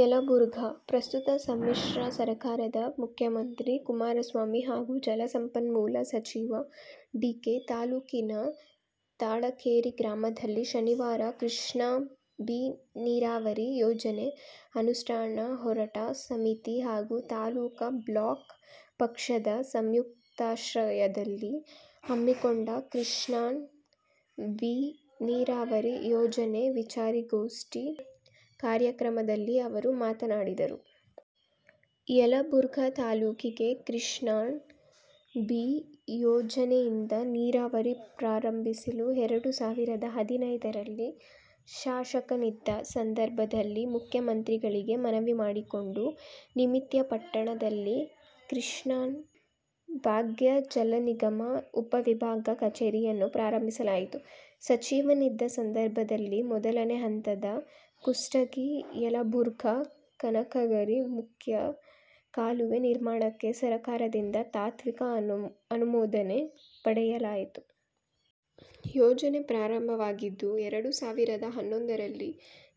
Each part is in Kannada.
ಯಲಬುರ್ಗಾ: ಪ್ರಸ್ತುತ ಸಮ್ಮಿಶ್ರ ಸರಕಾರದ ಮುಖ್ಯಮಂತ್ರಿ ಕುಮಾರಸ್ವಾಮಿ ಹಾಗೂ ಜಲಸಂಪನ್ಮೂಲ ಸಚಿವ ಡಿ. ಕೆ. ತಾಲೂಕಿನ ತಾಳಕೇರಿ ಗ್ರಾಮದಲ್ಲಿ ಶನಿವಾರ ಕೃಷ್ಣಾ ಬಿ ನೀರಾವರಿ ಯೋಜನೆ ಅನುಷ್ಠಾನ ಹೋರಾಟ ಸಮಿತಿ ಹಾಗೂ ತಾಲೂಕ ಬ್ಲಾಕ್ ಪಕ್ಷದ ಸಯುಂಕ್ತಾಶ್ರಯದಲ್ಲಿ ಹಮ್ಮಿಕೊಂಡ ಕೃಷ್ಣಾ ಬಿ ನೀರಾವರಿ ಯೋಜನೆ ವಿಚಾರಗೋಷ್ಠಿ ಕಾರ್ಯಕ್ರಮದಲ್ಲಿ ಅವರು ಮಾತನಾಡಿದರು. ಯಲಬುರ್ಗಾ ತಾಲೂಕಿಗೆ ಕೃಷ್ಣಾ ಬಿ ಯೋಜನೆಯಿಂದ ನೀರಾವರಿ ಪ್ರಾರಂಭಿಸಲು ಎರಡು ಸಾವಿರದ ಹದಿನೈದರಲ್ಲಿ ಶಾಸಕನಿದ್ದ ಸಂದರ್ಭದಲ್ಲಿ ಮುಖ್ಯಮಂತ್ರಿಗಳಿಗೆ ಮನವಿ ಮಾಡಿಕೊಂಡ ನಿಮಿತ್ಯ ಪಟ್ಟಣದಲ್ಲಿ ಕೃಷ್ಣಾ ಭಾಗ್ಯ ಜಲನಿಗಮ ಉಪ-ವಿಭಾಗ ಕಚೇರಿಯನ್ನು ಪ್ರಾರಂಭಿಸಲಾಯಿತು. ಸಚಿವನಿದ್ದ ಸಂದರ್ಭದಲ್ಲಿ ಮೊದಲನೆ ಹಂತದ ಕುಷ್ಟಗಿ-ಯಲಬುರ್ಗಾ, ಕನಕಗರಿ ಮುಖ್ಯ ಕಾಲುವೆ ನಿರ್ಮಾಣಕ್ಕೆ ಸರಕಾರದಿಂದ ತಾತ್ವಿಕ ಅನುಮೋದನೆ ಪಡೆಯಲಾಯಿತು. ಯೋಜನೆ ಪ್ರಾರಂಭವಾಗಿದ್ದು ಎರಡು ಸಾವಿರದ ಹನ್ನೊಂದರಲ್ಲಿ.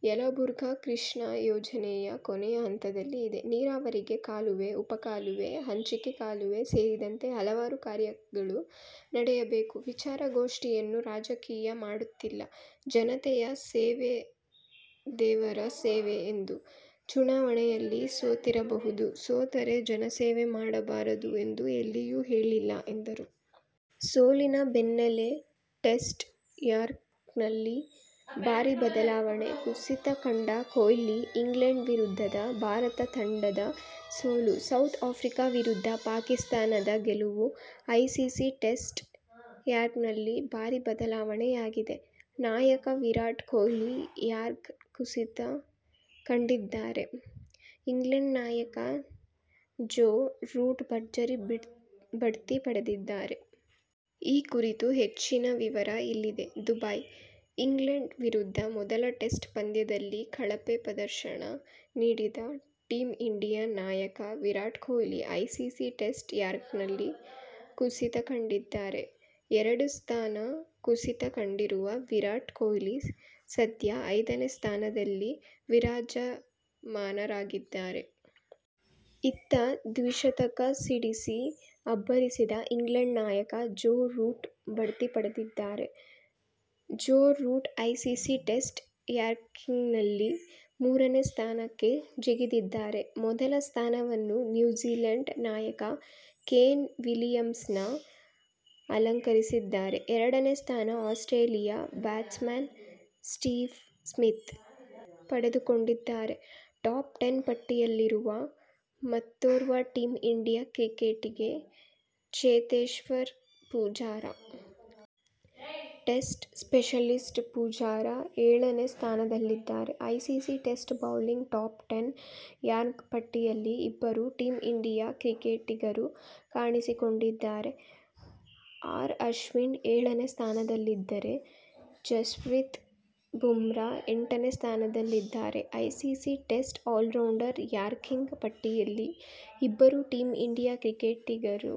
ಯಲಬುರ್ಗಾ ಕೃಷ್ಣಾ ಯೋಜನೆಯ ಕೊನೆಯ ಹಂತದಲ್ಲಿ ಇದೆ. ನೀರಾವರಿಗೆ ಕಾಲುವೆ, ಉಪಕಾಲುವೆ, ಹಂಚಿಕೆ ಕಾಲುವೆ ಸೇರಿದಂತೆ ಹಲವಾರು ಕಾರ್ಯಗಳು ನಡೆಯಬೇಕು. ವಿಚಾರಗೋಷ್ಠಿಯನ್ನು ರಾಜಕೀಯ ಮಾಡುತ್ತಿಲ್ಲ. ಜನತಯ ಸೇವೆ ದೇವರ ಸೇವೆ ಎಂದು. ಚುನಾವಣೆಯಲ್ಲಿ ಸೋತಿರಬಹುದು. ಸೋತರೇ ಜನಸೇವೆ ಮಾಡಬಾರದು ಎಂದು ಎಲ್ಲಿಯೂ ಹೇಳಿಲ್ಲ ಎಂದರು. ಸೋಲಿನ ಬೆನ್ನಲ್ಲೇ ಟೆಸ್ಟ್ ರ್ಯಾಂಕ್ನಲ್ಲಿ ಭಾರಿ ಬದಲಾವಣೆ; ಕುಸಿತ ಕಂಡ ಕೊಹ್ಲಿ ಇಂಗ್ಲೆಂಡ್ ವಿರುದ್ಧದ ಭಾರತ ತಂಡದ ಸೋಲು, ಸೌತ್ ಆಫ್ರಿಕಾ ವಿರುದ್ಧ ಪಾಕಿಸ್ತಾನದ ಗೆಲುವು ಐಸಿಸಿ ಟೆಸ್ಟ್ ರ್ಯಾಂಕ್ನಲ್ಲಿ ಭಾರಿ ಬದಲಾವಣೆಯಾಗಿದೆ. ನಾಯಕ ವಿರಾಟ್ ಕೊಹ್ಲಿ ರ್ಯಾಂಕ್ ಕುಸಿತ ಕಂಡಿದ್ದರೆ, ಇಂಗ್ಲೆಂಡ್ ನಾಯಕ ಜೋ ರೂಟ್ ಭರ್ಜರಿ ಬಡ್ತಿ ಪಡೆದಿದ್ದಾರೆ. ಈ ಕುರಿತ ಹೆಚ್ಚಿನ ವಿವರ ಇಲ್ಲಿದೆ. ದುಬೈ: ಇಂಗ್ಲೆಂಡ್ ವಿರುದ್ದ ಮೊದಲ ಟೆಸ್ಟ್ ಪಂದ್ಯದಲ್ಲಿ ಕಳಪೆ ಪ್ರದರ್ಶನ ನೀಡಿದ ಟೀಂ ಇಂಡಿಯಾ ನಾಯಕ ವಿರಾಟ್ ಕೊಹ್ಲಿ ಐಸಿಸಿ ಟೆಸ್ಟ್ ರ್ಯಾಂಕ್ನಲ್ಲಿ ಕುಸಿತ ಕಂಡಿದ್ದಾರೆ. ಎರಡು ಸ್ಥಾನ ಕುಸಿತ ಕಂಡಿರುವ ವಿರಾಟ್ ಕೊಹ್ಲಿ ಸದ್ಯ ಐದನೇ ಸ್ಥಾನದಲ್ಲಿ ವಿರಾಜಮಾನರಾಗಿದ್ದಾರೆ. ಇತ್ತ ದ್ವಿಶತಕ ಸಿಡಿಸಿ ಅಬ್ಬರಿಸಿದ ಇಂಗ್ಲೆಂಡ್ ನಾಯಕ ಜೋ ರೂಟ್ ಬಡ್ತಿ ಪಡೆದಿದ್ದಾರೆ. ಜೋ ರೂಟ್ ಐಸಿಸಿ ಟೆಸ್ಟ್ ರ್ಯಾಂಕಿಂಗ್ನಲ್ಲಿ ಮೂರನೇ ಸ್ಥಾನಕ್ಕೆ ಜಿಗಿದಿದ್ದಾರೆ. ಮೊದಲ ಸ್ಥಾನವನ್ನು ನ್ಯೂಜಿಲೆಂಡ್ ನಾಯಕ ಕೇನ್ ವಿಲಿಯಮ್ಸನ್ ಅಲಂಕರಿಸಿದ್ದಾರೆ. ಎರಡನೇ ಸ್ಥಾನ ಆಸ್ಟ್ರೇಲಿಯಾ ಬ್ಯಾಟ್ಸ್ಮನ್ ಸ್ಟೀವ್ ಸ್ಮಿತ್ ಪಡೆದುಕೊಂಡಿದ್ದಾರೆ. ಟಾಪ್ ಟೆನ್ ಪಟ್ಟಿಯಲ್ಲಿರುವ ಮತ್ತೋರ್ವ ಟೀಂ ಇಂಡಿಯಾ ಕ್ರಿಕೆಟಿಗ ಚೇತೇಶ್ಪರ್ ಪೂಜಾರ. ಟೆಸ್ಟ್ ಸ್ಪೆಷಲಿಸ್ಟ್ ಪೂಜಾರ ಏಳನೇ ಸ್ಥಾನದಲ್ಲಿದ್ದಾರೆ. ICC test bowling top ten rank ಪಟ್ಟಿಯಲ್ಲಿ ಇಬ್ಬರು ಟೀಂ ಇಂಡಿಯಾ ಕ್ರಿಕೆಟಿಗರು ಕಾಣಿಸಿಕೊಂಡಿದ್ದಾರೆ. ಆರ್ ಅಶ್ವಿನ್ ಏಳನೇ ಸ್ಥಾನದಲ್ಲಿದ್ದರೆ, ಜಸ್ಪ್ರೀತ್ ಬುಮ್ರಾ ಎಂಟನೇ ಸ್ಥಾನದಲ್ಲಿದ್ದಾರೆ. ಐಸಿಸಿ ಟೆಸ್ಟ್ ಆಲ್ರೌಂಡರ್ ರ್ಯಾಂಕಿಂಗ್ ಪಟ್ಟಿಯಲ್ಲಿ ಇಬ್ಬರು ಟೀಂ ಇಂಡಿಯಾ ಕ್ರಿಕೆಟಿಗರು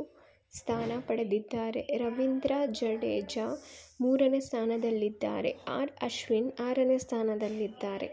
ಸ್ಥಾನ ಪಡೆದಿದ್ದಾರೆ. ರವೀಂದ್ರ ಜಡೇಜಾ ಮೂರನೇ ಸ್ಥಾನದಲ್ಲಿದ್ದರೆ, ಆರ್ ಅಶ್ವಿನ್ ಆರನೇ ಸ್ಥಾನದಲ್ಲಿದ್ದಾರೆ.